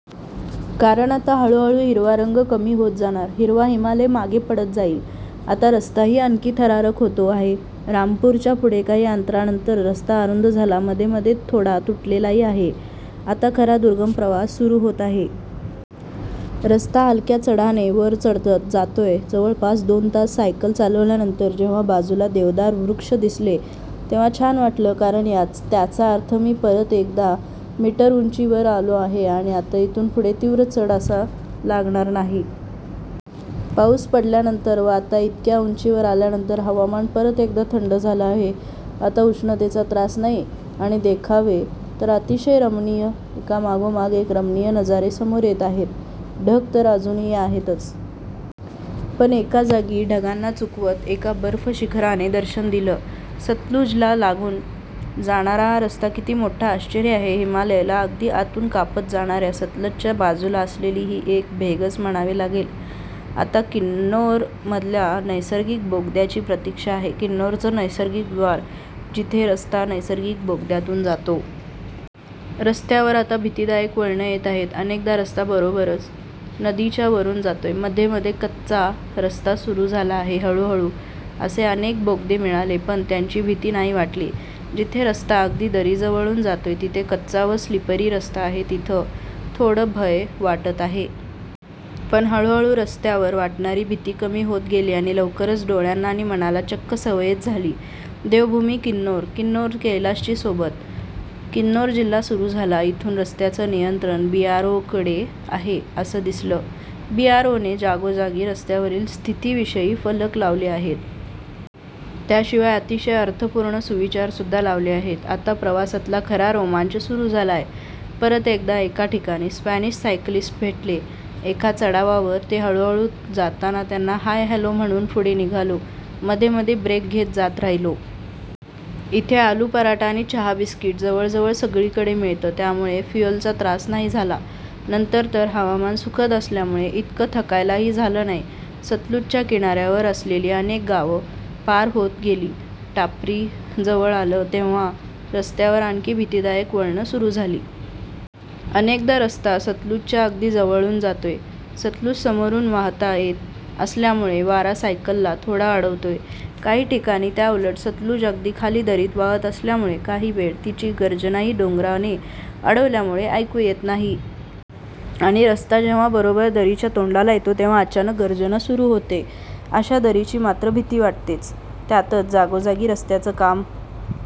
कारण आता हळूहळू हिरवा रंग कमी होत जाणार. हिरवा हिमालय मागे पडत जाईल. आता रस्ताही आणखी थरारक होतो आहे. रामपूरच्या पुढे काही अंतरानंतर रस्ता अरुंद झाला. मध्ये मध्ये थोडा तुटलेलाही आहे. आता खरा दुर्गम प्रवास सुरू होत आहे. रस्ता हलक्या चढाने वर चढत जातोय. जवळपास दोन तास सायकल चालवल्यानंतर जेव्हा बाजूला देवदार वृक्ष दिसले, तेव्हा छान वाटलं. कारण त्याचा अर्थ मी परत एकद मीटर उंचीवर आलो आहे आणि आता इथून पुढे तीव्र चढ असा लागणार नही. पाऊस पडल्यानंतर व आता इतक्या उंचीवर आल्यानंतर हवामान परत एकदा थंड झालं आहे. आता उष्णतेचा त्रास नाही. आणि देखावे तर अतिशय रमणीय. एकामागोमाग एक रमणीय नजारे समोर येत आहेत. ढग तर अजूनही आहेतच. पण एका जागी ढगांना चुकवत एका बर्फ शिखराने दर्शन दिलं. सतलुजला लागून जाणारा हा रस्ता किती मोठं आश्चर्य आहे. हिमालयाला अगदी आतून कापत जाणाऱ्या सतलजच्या बाजूला असलेली ही एक भेगच म्हणावी लागेल. आता किन्नौरमधल्या नैसर्गिक बोगद्याची प्रतीक्षा आहे, किन्नौरचं नैसर्गिक द्वार, जिथे रस्ता नैसर्गिक बोगद्यातून जातो. रस्त्यावर आता भितीदायक वळणं येत आहेत. अनेकदा रस्ता बरोबर नदीच्या वरून जातोय. मध्ये मध्ये कच्चा रस्ता सुरू झाला आहे. हळूहळू असे अनेक बोगदे मिळाले. पण त्यांची भीती नाही वाटली. जिथे रस्ता अगदी दरीजवळून जातोय, जिथे कच्चा व स्लिपरी रस्ता आहे, तिथे थोडं भय वाटत आहे. पण हळूहळू रस्त्यावर वाटणारी भीती कमी होत गेली. आणि लवकरच डोळ्यांना आणि मनाला चक्क सवयच झाली. देवभूमी किन्नौर. किन्नौर कैलासाची सोबत. किन्नौर जिल्हा सुरू झाला. इथून रस्त्याचं नियंत्रण बीआरओकडे आहे, असं दिसलं. बीआरओने जागोजागी रस्त्यावरील स्थितीविषयी फलक लावले आहेत. त्याशिवाय अतिशय अर्थपूर्ण सुविचारसुद्धा लावले आहेत. आता प्रवासातला खरा रोमांच सुरू झाला आहे. परत एकदा एका ठिकाणी स्पॅनिश सायकलिस्ट भेटले. एका चढावावर ते हळूहळू जाताना त्यांना हाय हॅलो म्हणून पुढे निघालो. मध्ये मध्ये ब्रेक घेत जात राहिलो. इथे आलू पराठा आणि चहा बिस्किट जवळजवळ सगळीकडे मिळतं. त्यामुळे फ्युएलचा त्रास नाही झाला. नंतर तर हवामान सुखद असल्यामुळे इतकं थकायलाही झालं नाही. सतलुजच्या किनाऱ्यावर असलेली अनेक गावं पार होत गेली. टापरी जवळ आलं, तेव्हा रस्त्यावर आणखी भीतीदायक वळणं सुरू झाली. अनेकदा रस्ता सतलुजच्या अगदी जवळून जातोय. सतलुज समोरून वाहात येत असल्यामुळे वारा सायकलला थोडा अडवतोय. काही ठिकाणी त्याउलट सतलुज अगदी खाली दरीत वाहात असल्यामुळे काही वेळ तिची गर्जनाही डोंगराने अडवल्यामुळे ऐकू येत नाही. आणि रस्ता जेव्हा बरोबर दरीच्या तोंडाला येतो, तेव्हाच अचानक गर्जना सुरू होते. अशा दरीची मात्र भीती वाटतेच. त्यातच जागोजागी रस्त्याचं काम